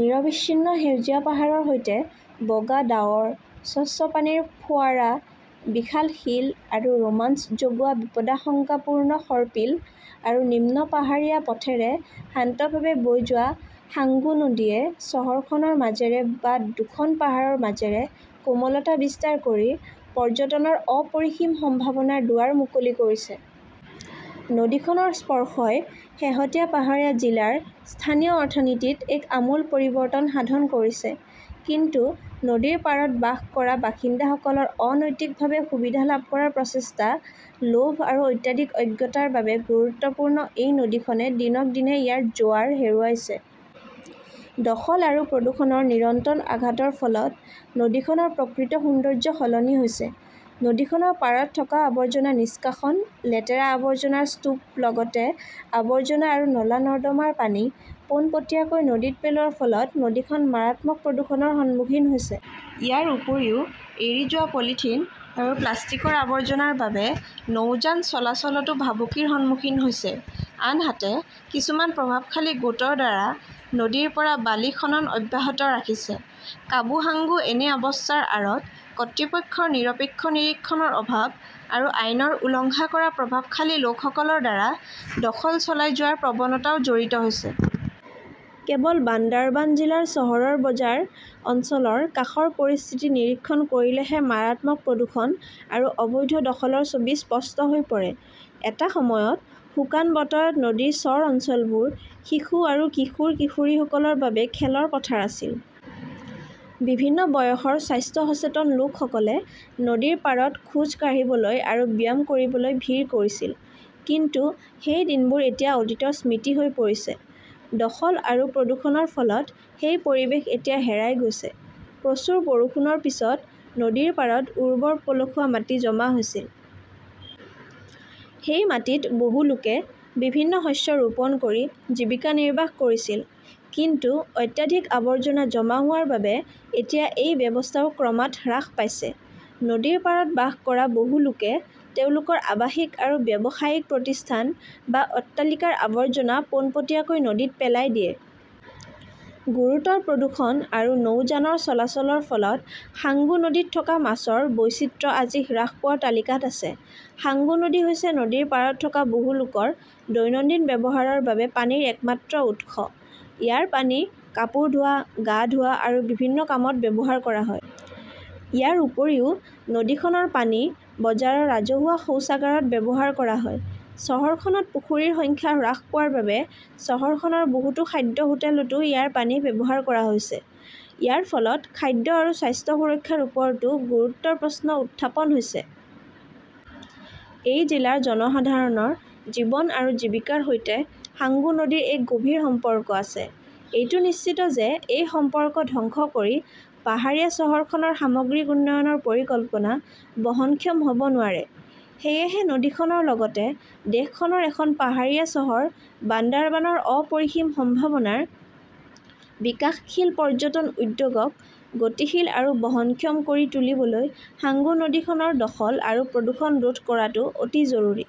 নিৰবিচ্ছিন্ন সেউজীয়া পাহাৰৰ সৈতে বগা ডাৱৰ, স্বচ্ছ পানীৰ ফোঁৱাৰা, বিশাল শিল আৰু ৰোমাঞ্চ জগোৱা বিপদাশংকাপূৰ্ণ সৰ্পিল আৰু নিম্ন পাহাৰীয়া পথেৰে শান্তভাৱে বৈ যোৱা সাঙ্গু নদীয়ে চহৰখনৰ মাজেৰে বা দুখন পাহাৰৰ মাজেৰে কোমলতা বিস্তাৰ কৰি পৰ্যটনৰ অপৰিসীম সম্ভাৱনাৰ দুৱাৰ মুকলি কৰিছে। নদীখনৰ স্পৰ্শই শেহতীয়া পাহাৰীয়া জিলাৰ স্থানীয় অৰ্থনীতিত এক আমূল পৰিৱৰ্তন সাধন কৰিছে। কিন্তু নদীৰ পাৰত বাস কৰা বাসিন্দাসকলৰ অনৈতিকভাৱে সুবিধা লাভ কৰাৰ প্ৰচেষ্টা, লোভ আৰু অত্যাধিক অজ্ঞতাৰ বাবে গুৰুত্বপূৰ্ণ এই নদীখনে দিনক দিনে ইয়াৰ জোৱাৰ হেৰুৱাইছে। দখল আৰু প্ৰদূষণৰ নিৰন্তৰ আঘাতৰ ফলত নদীখনৰ প্ৰকৃত সৌন্দৰ্য সলনি হৈছে। নদীখনৰ পাৰত থকা আৱৰ্জনা নিষ্কাশন, লেতেৰা আৱৰ্জনাৰ স্তূপ লগতে আৱৰ্জনা আৰু নলা-নৰ্দমাৰ পানী পোনপটীয়াকৈ নদীত পেলোৱাৰ ফলত নদীখন মাৰাত্মক প্ৰদূষণৰ সন্মুখীন হৈছে। ইয়াৰ উপৰিও, এৰি যোৱা পলিথিন আৰু প্লাষ্টিকৰ আৱৰ্জনাৰ বাবে নৌযান চলাচলতো ভাবুকিৰ সন্মুখীন হৈছে। আনহাতে, কিছুমান প্ৰভাৱশালী গোটৰ দ্বাৰা নদীৰ পৰা বালি খনন অব্যাহত ৰাখিছে। কাবু সাঙ্গু এনে অৱস্থাৰ আঁৰত কৰ্তৃপক্ষৰ নিৰপেক্ষ নিৰীক্ষণৰ অভাৱ আৰু আইনৰ উলংঘা কৰা প্ৰভাৱশালী লোকসকলৰ দ্বাৰা দখল চলাই যোৱাৰ প্ৰৱণতাও জড়িত হৈছে। কেৱল বান্দাৰবান জিলাৰ চহৰৰ বজাৰ অঞ্চলৰ কাষৰ পৰিস্থিতি নিৰীক্ষণ কৰিলেহে মাৰাত্মক প্ৰদূষণ আৰু অবৈধ দখলৰ ছবি স্পষ্ট হৈ পৰে। এটা সময়ত শুকান বতৰত নদীৰ চৰ অঞ্চলবোৰ শিশু আৰু কিশোৰ-কিশোৰীসকলৰ বাবে খেলৰ পথাৰ আছিল। বিভিন্ন বয়সৰ স্বাস্থ্য সচেতন লোকসকলে নদীৰ পাৰত খোজ কাঢ়িবলৈ আৰু ব্যায়াম কৰিবলৈ ভিৰ কৰিছিল। কিন্তু সেই দিনবোৰ এতিয়া অতীতৰ স্মৃতি হৈ পৰিছে। দখল আৰু প্ৰদূষণৰ ফলত সেই পৰিৱেশ এতিয়া হেৰাই গৈছে। প্ৰচুৰ বৰষুণৰ পিছত নদীৰ পাৰত উৰ্বৰ পলসুৱা মাটি জমা হৈছিল। সেই মাটিত বহু লোকে বিভিন্ন শস্য ৰোপণ কৰি জীৱিকা নিৰ্বাহ কৰিছিল। কিন্তু অত্যাধিক আৱৰ্জনা জমা হোৱাৰ বাবে এতিয়া এই ব্যৱস্থাও ক্ৰমাৎ হ্ৰাস পাইছে। নদীৰ পাৰত বাস কৰা বহু লোকে তেওঁলোকৰ আৱাসিক আৰু ব্যৱসায়িক প্ৰতিষ্ঠান বা অট্টালিকাৰ আৱৰ্জনা পোনপটীয়াকৈ নদীত পেলাই দিয়ে। গুৰুতৰ প্ৰদূষণ আৰু নৌযানৰ চলাচলৰ ফলত সাংগু নদীত থকা মাছৰ বৈচিত্ৰ্য আজি হ্ৰাস পোৱাৰ তালিকাত আছে। সাঙ্গু নদী হৈছে নদীৰ পাৰত থকা বহু লোকৰ দৈনন্দিন ব্যৱহাৰৰ বাবে পানীৰ একমাত্ৰ উৎস। ইয়াৰ পানী কাপোৰ ধোৱা, গা ধোৱা আৰু বিভিন্ন কামত ব্যৱহাৰ কৰা হয়। ইয়াৰ উপৰিও, নদীখনৰ পানী বজাৰৰ ৰাজহুৱা শৌচাগাৰত ব্যৱহাৰ কৰা হয়। চহৰখনত পুখুৰীৰ সংখ্যা হ্ৰাস পোৱাৰ বাবে চহৰখনৰ বহুতো খাদ্য হোটেলতো ইয়াৰ পানী ব্যৱহাৰ কৰা হৈছে! ইয়াৰ ফলত খাদ্য আৰু স্বাস্থ্য সুৰক্ষাৰ ওপৰতো গুৰুতৰ প্ৰশ্ন উত্থাপন হৈছে। এই জিলাৰ জনসাধাৰণৰ জীৱন আৰু জীৱিকাৰ সৈতে সাঙ্গু নদীৰ এক গভীৰ সম্পৰ্ক আছে। এইটো নিশ্চিত যে এই সম্পৰ্ক ধ্বংস কৰি পাহাৰীয়া চহৰখনৰ সামগ্ৰিক উন্নয়নৰ পৰিকল্পনা বহনক্ষম হ 'ব নোৱাৰে। সেয়েহে নদীখনৰ লগতে দেশখনৰ এখন পাহাৰীয়া চহৰ বান্দাৰবানৰ অপৰিসীম সম্ভাৱনাৰ বিকাশশীল পৰ্যটন উদ্যোগক গতিশীল আৰু বহনক্ষম কৰি তুলিবলৈ সাঙ্গু নদীখনৰ দখল আৰু প্ৰদূষণ ৰোধ কৰাটো অতি জৰুৰী।